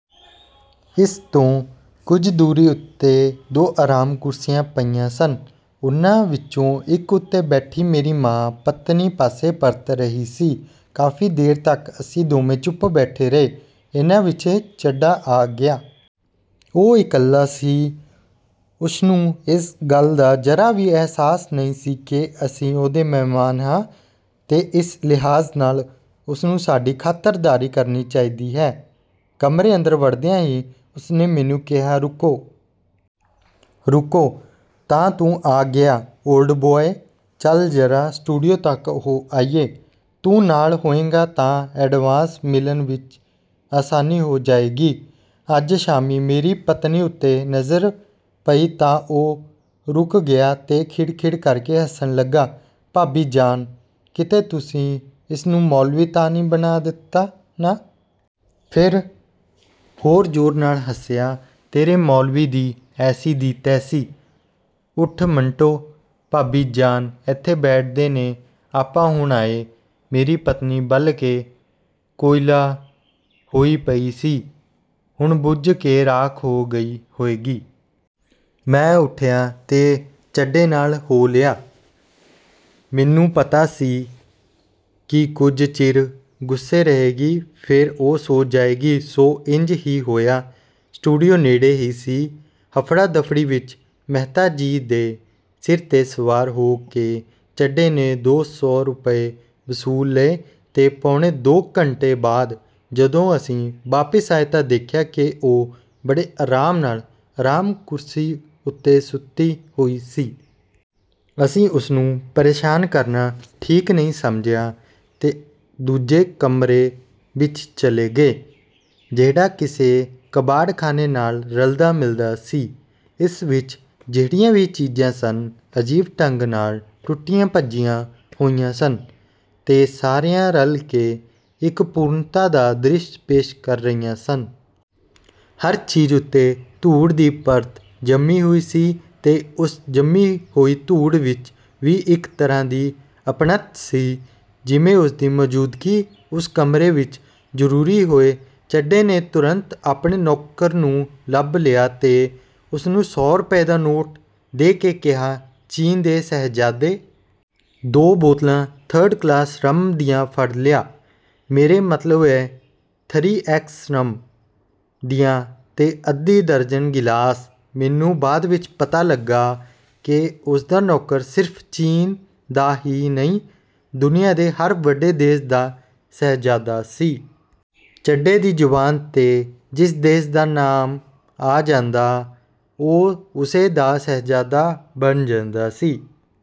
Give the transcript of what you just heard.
ਇਸ ਤੋਂ ਕੁਝ ਦੂਰੀ ਉੱਤੇ ਦੋ ਆਰਾਮ ਕੁਰਸੀਆਂ ਪਈਆਂ ਸਨ, ਉਹਨਾਂ ਵਿਚੋਂ ਇਕ ਉੱਤੇ ਬੈਠੀ ਮੇਰੀ ਪਤਨੀ ਪਾਸੇ ਪਰਤ ਰਹੀ ਸੀ। ਕਾਫੀ ਦੇਰ ਤਕ ਅਸੀਂ ਦੋਵੇਂ ਚੁੱਪ ਬੈਠੇ ਰਹੇ; ਏਨੇ ਵਿਚ ਚੱਡਾ ਆ ਗਿਆ। ਉਹ ਇਕੱਲਾ ਸੀ। ਉਸਨੂੰ ਇਸ ਗੱਲ ਦਾ ਜ਼ਰਾ ਵੀ ਅਹਿਸਾਸ ਨਹੀਂ ਸੀ ਕਿ ਅਸੀਂ ਉਸਦੇ ਮਹਿਮਾਨ ਹਾਂ ਤੇ ਇਸ ਲਿਹਾਜ਼ ਨਾਲ ਉਸਨੂੰ ਸਾਡੀ ਖਾਤਰਦਾਰੀ ਕਰਨੀ ਚਾਹੀਦੀ ਹੈ। ਕਮਰੇ ਅੰਦਰ ਵੜਦਿਆਂ ਹੀ ਉਸਨੇ ਮੈਨੂੰ ਕਿਹਾ, "ਰੁਕੋ! ਰੁਕੋ! ਤਾਂ ਤੂੰ ਆ ਗਿਐਂ ਓਲਡ ਬੁਆਏ! ਚੱਲ ਜ਼ਰਾ ਸਟੂਡੀਓ ਤਕ ਹੋ ਆਈਏ। ਤੂੰ ਨਾਲ ਹੋਏਂਗਾ ਤਾਂ ਐਡਵਾਂਸ ਮਿਲਣ ਵਿਚ ਆਸਾਨੀ ਹੋ ਜਾਏਗੀ। ਅੱਜ ਸ਼ਾਮੀਂ "ਮੇਰੀ ਪਤਨੀ ਉੱਤੇ ਨਜ਼ਰ ਪਈ ਤਾਂ ਉਹ ਰੁਕ ਗਿਆ ਤੇ ਖਿੜ-ਖਿੜ ਕਰਕੇ ਹੱਸਣ ਲੱਗਾ, "ਭਾਬੀ ਜਾਨ, ਕਿਤੇ ਤੁਸੀਂ ਇਸਨੂੰ ਮੌਲਵੀ ਤਾਂ ਨਹੀਂ ਬਣਾ ਦਿੱਤਾ ਨਾ? " ਫੇਰ ਹੋਰ ਜ਼ੋਰ ਨਾਲ ਹੱਸਿਆ, "ਤੇਰੇ ਮੌਲਵੀ ਦੀ ਐਸੀ ਦੀ ਤੈਸੀ! ਉੱਠ ਮੰਟੋ, ਭਾਬੀ ਜਾਨ ਇੱਥੇ ਬੈਠਦੇ ਨੇ, ਆਪਾਂ ਹੁਣੇ ਆਏ। " ਮੇਰੀ ਪਤਨੀ ਬਲ ਕੇ ਕੋਇਲਾ ਹੋਈ ਪਈ ਸੀ, ਹੁਣ ਬੁਝ ਕੇ ਰਾਖ ਹੋ ਗਈ ਹੋਏਗੀ। ਮੈਂ ਉੱਠਿਆ ਤੇ ਚੱਡੇ ਨਾਲ ਹੋ ਲਿਆ। ਮੈਨੂੰ ਪਤਾ ਸੀ ਕਿ ਕੁਝ ਚਿਰ ਗੁੱਸੇ ਰਹੇਗੀ ਫੇਰ ਉਹ ਸੌਂ ਜਾਏਗੀ। ਸੋ ਇੰਜ ਹੀ ਹੋਇਆ। ਸਟੂਡੀਓ ਨੇੜੇ ਹੀ ਸੀ। ਹਫ਼ੜਾ-ਦਫ਼ੜੀ ਵਿਚ ਮਹਿਤਾ ਜੀ ਦੇ ਸਿਰ 'ਤੇ ਸਵਾਰ ਹੋ ਕੇ ਚੱਢੇ ਨੇ ਦੋ ਸੌ ਰੁਪਏ ਵਸੂਲ ਲਏ ਤੇ ਪੌਣੇ ਦੋ ਘੰਟੇ ਬਾਅਦ ਜਦੋਂ ਅਸੀਂ ਵਾਪਸ ਆਏ ਤਾਂ ਦੇਖਿਆ ਕਿ ਉਹ ਬੜੇ ਆਰਾਮ ਨਾਲ, ਆਰਾਮ ਕੁਰਸੀ ਉੱਤੇ ਸੁੱਤੀ ਹੋਈ ਸੀ। ਅਸੀਂ ਉਸਨੂੰ ਪ੍ਰੇਸ਼ਾਨ ਕਰਨਾ ਠੀਕ ਨਹੀਂ ਸਮਝਿਆ ਤੇ ਦੂਜੇ ਕਮਰੇ ਵਿਚ ਚਲੇ ਗਏ, ਜਿਹੜਾ ਕਿਸੇ ਕਬਾੜਖਾਨੇ ਨਾਲ ਰਲਦਾ-ਮਿਲਦਾ ਸੀ। ਇਸ ਵਿਚ ਜਿਹੜੀਆਂ ਵੀ ਚੀਜ਼ਾਂ ਸਨ, ਅਜੀਬ ਢੰਗ ਨਾਲ ਟੁੱਟੀਆਂ-ਭੱਜੀਆਂ ਹੋਈਆਂ ਸਨ ਤੇ ਸਾਰੀਆਂ ਰਲ ਕੇ ਇਕ ਪੂਰਨਤਾ ਦਾ ਦ੍ਰਿਸ਼ ਪੇਸ਼ ਕਰ ਰਹੀਆਂ ਸਨ। ਹਰ ਚੀਜ਼ ਉੱਤੇ ਧੂੜ ਦੀ ਪਰਤ ਜੰਮੀ ਹੋਈ ਸੀ ਤੇ ਉਸ ਜੰਮੀ ਹੋਈ ਧੂੜ ਵਿਚ ਵੀ ਇਕ ਤਰ੍ਹਾਂ ਦੀ ਅਪਣੱਤ ਸੀ, ਜਿਵੇਂ ਉਸਦੀ ਮੌਜ਼ੂਦਗੀ ਉਸ ਕਮਰੇ ਵਿਚ ਜਰੂਰੀ ਹੋਏ। ਚੱਡੇ ਨੇ ਤੁਰੰਤ ਆਪਣੇ ਨੌਕਰ ਨੂੰ ਲੱਭ ਲਿਆ ਤੇ ਉਸਨੂੰ ਸੌ ਰੁਪਏ ਦਾ ਨੋਟ ਦੇ ਕੇ ਕਿਹਾ, "ਚੀਨ ਦੇ ਸ਼ਹਿਜ਼ਾਦੇ! ਦੋ ਬੋਤਲਾਂ ਥਰਡ ਕਲਾਸ ਰੰਮ ਦੀਆਂ ਫੜ ਲਿਆ। ਮੇਰਾ ਮਤਲਬ ਏ, 'ਥਰੀ ਐਕਸ ਰੰਮ' ਦੀਆਂ ਤੇ ਅੱਧੀ ਦਰਜਨ ਗਿਲਾਸ। " ਮੈਨੂੰ ਬਾਅਦ ਵਿਚ ਪਤਾ ਲੱਗਾ ਕਿ ਉਸਦਾ ਨੌਕਰ ਸਿਰਫ ਚੀਨ ਦਾ ਹੀ ਨਹੀਂ, ਦੁਨੀਆਂ ਦੇ ਹਰ ਵੱਡੇ ਦੇਸ਼ ਦਾ ਸ਼ਹਿਜ਼ਾਦਾ ਸੀ। ਚੱਡੇ ਦੀ ਜ਼ਬਾਨ 'ਤੇ ਜਿਸ ਦੇਸ਼ ਦਾ ਨਾਂਅ ਆ ਜਾਂਦਾ, ਉਹ ਉਸੇ ਦਾ ਸ਼ਹਿਜ਼ਾਦਾ ਬਣ ਜਾਂਦਾ ਸੀ।